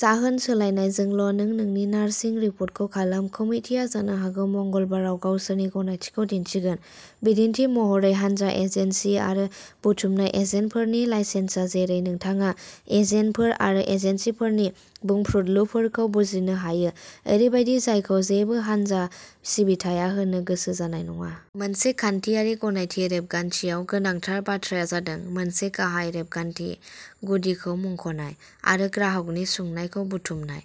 जाहोन, सोलायनायजोंल' नों नोंनि नार्सिं रिपर्टखौ खालाम। कमिटिआ जानो हागौ मंगलबाराव गावसोरनि गनायथिखौ दिन्थिगोन। बिदिन्थि महरै, हानजा एजेन्सि आरो बुथुमनाय एजेन्टफोरनि लाइसेन्सआ जेरै नोंथाङा एजेन्टफोर आरो एजेन्सिफोरनि बुंफ्रुदलुफोरखौ बुजिनो हायो ओरैबायदि जायखौ जेबो हानजा सिबिथाया होनो गोसो जानाय नङा। मोनसे खान्थियारि गनायथि रेबगान्थियाव, गोनांथार बाथ्राया जादों मोनसे गाहाय रेबगान्थि गुदिखौ मुंख'नाय आरो ग्राहकनि सुंनायखौ बुथुमनाय।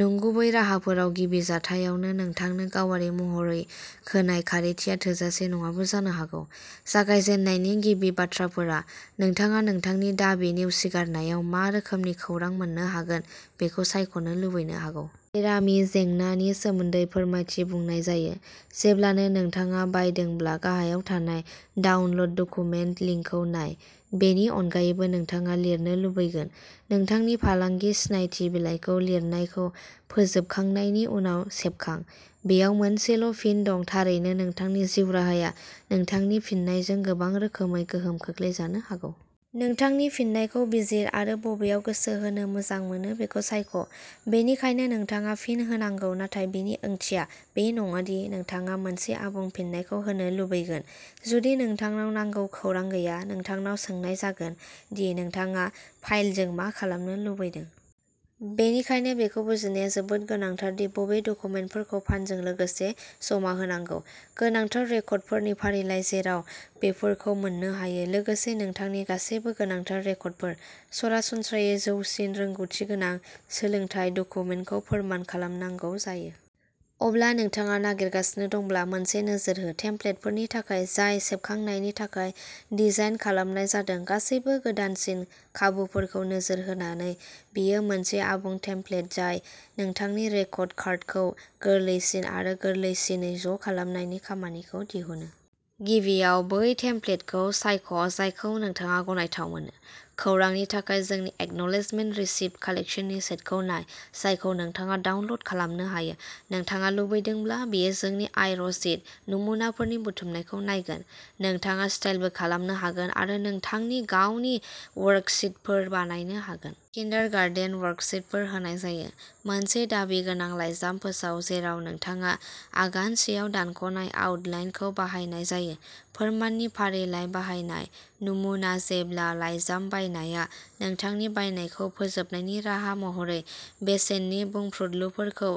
नंगुबै राहाफोराव गिबि जाथायावनो नोंथांनो गावारि महरै होनाय खारिथिया थोजासे नङाबो जानो हागौ। जागायजेननायनि गिबि बाथ्राफोरा, नोंथाङा नोंथांनि दाबि नेवसिगारनायाव मा रोखोमनि खौरां मोननो हागोन बेखौ सायख'नो लुबैनो हागौ। बेरामि जेंनानि सोमोन्दै फोरमायथि बुंनाय जायो। जेब्लानो नोंथाङा बायदोंब्ला गाहायाव थानाय डाउनल'ड डकुमेन्ट लिंकखौ नाय। बेनि अनगायैबो नोंथाङा लिरनो लुबैगोन। नोंथांनि फालांगि सिनायथि बिलाइखौ लिरनायखौ फोजोबखांनायनि उनाव सेबखां। बेयाव मोनसेल' फिन दं। थारैनो, नोंथांनि जिउ राहाया नोंथांनि फिननायजों गोबां रोखोमै गोहोम खोख्लैजानो हागौ। नोंथांनि फिननायखौ बिजिर आरो बबेयाव गोसो होनो मोजां मोनो बेखौ सायख'। बेनिखायनो नोंथाङा फिन होनांगौ, नाथाय बेनि ओंथिया बे नङा दि नोंथाङा मोनसे आबुं फिननायखौ होनो लुबैगोन जुदि नोंथांनाव नांगौ खौरां गैया। नोंथांनाव सोंनाय जागोन दि नोंथाङा फाइलजों मा खालामनो लुबैदों। बेनिखायनो, बेखौ बुजिनाया जोबोद गोनांथार दि बबे डकुमेन्टफोरखौ पानजों लोगोसे जमा होनांगौ। गोनांथार रेकर्डफोरनि फारिलाइ जेराव बेफोरखौ मोननो हायो लोगोसे नोंथांनि गासिबो गोनांथार रेकर्डफोर। सरासनस्रायै जौसिन रोंग'थि गोनां सोलोंथाय डकुमेन्टखौ फोरमान खालामनांगौ जायो। अब्ला नोंथाङा नागिरगासिनो दंब्ला मोनसे नोजोर हो। टेम्प्लेटफोरनि थाखाय जाय सेबखांनायनि थाखाय डिजाइन खालामनाय जादों। गासैबो गोदानसिन खाबुफोरखौ नोजोर होनानै बेयो मोनसे आबुं टेमप्लेट जाय नोंथांनि रेकर्ड कार्डखौ गोरलैसिन आरो गोरलैसिनै ज' खालामनायनि खामानिखौ दिहुनो। गिबियाव बै टेमप्लेटखौ सायख' जायखौ नोंथाङा गनायथाव मोनो। खौरांनि थाखाय, जोंनि एकनलेजमेन्ट रिसिप्ट कालेक्शन्सनि सेटखौ नाय जायखौ नोंथाङा डाउनल'ड खालामनो हायो। नोंथाङा लुबैदोंब्ला, बेयो जोंनि आय रसिद नमुनाफोरनि बुथुमनायखौ नायगोन। नोंथाङा स्टाइलबो खालामनो हागोन आरो नोंथांनि गावनि वर्कशिटफोर बानायनो हागोन। किन्डारगार्टेन वर्कशिटफोर होनाय जायो। मोनसे दाबि गोनां लाइजाम फोसाव, जेराव नोंथाङा आगान सेयाव दानख'नाय आउटलाइनखौ बाहायनाय जायो। फोरमाननि फारिलाइ बाहायनाय नमुना जेब्ला लाइजाम बायनाया नोंथांनि बायनायखौ फोजोबनायनि राहा महरै बेसेननि बुंफ्रुदलुफोरखौ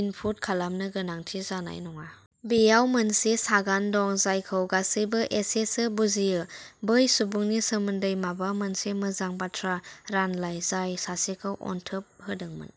इनपुट खालामनो गोनांथि जानाय नङा। बेयाव मोनसे सागान दं, जायखौ गासैबो एसेसो बुजियो। बै सुबुंनि सोमोन्दै माबा मोनसे मोजां बाथ्रा रानलाय, जाय सासेखौ अनथोब होदोंमोन।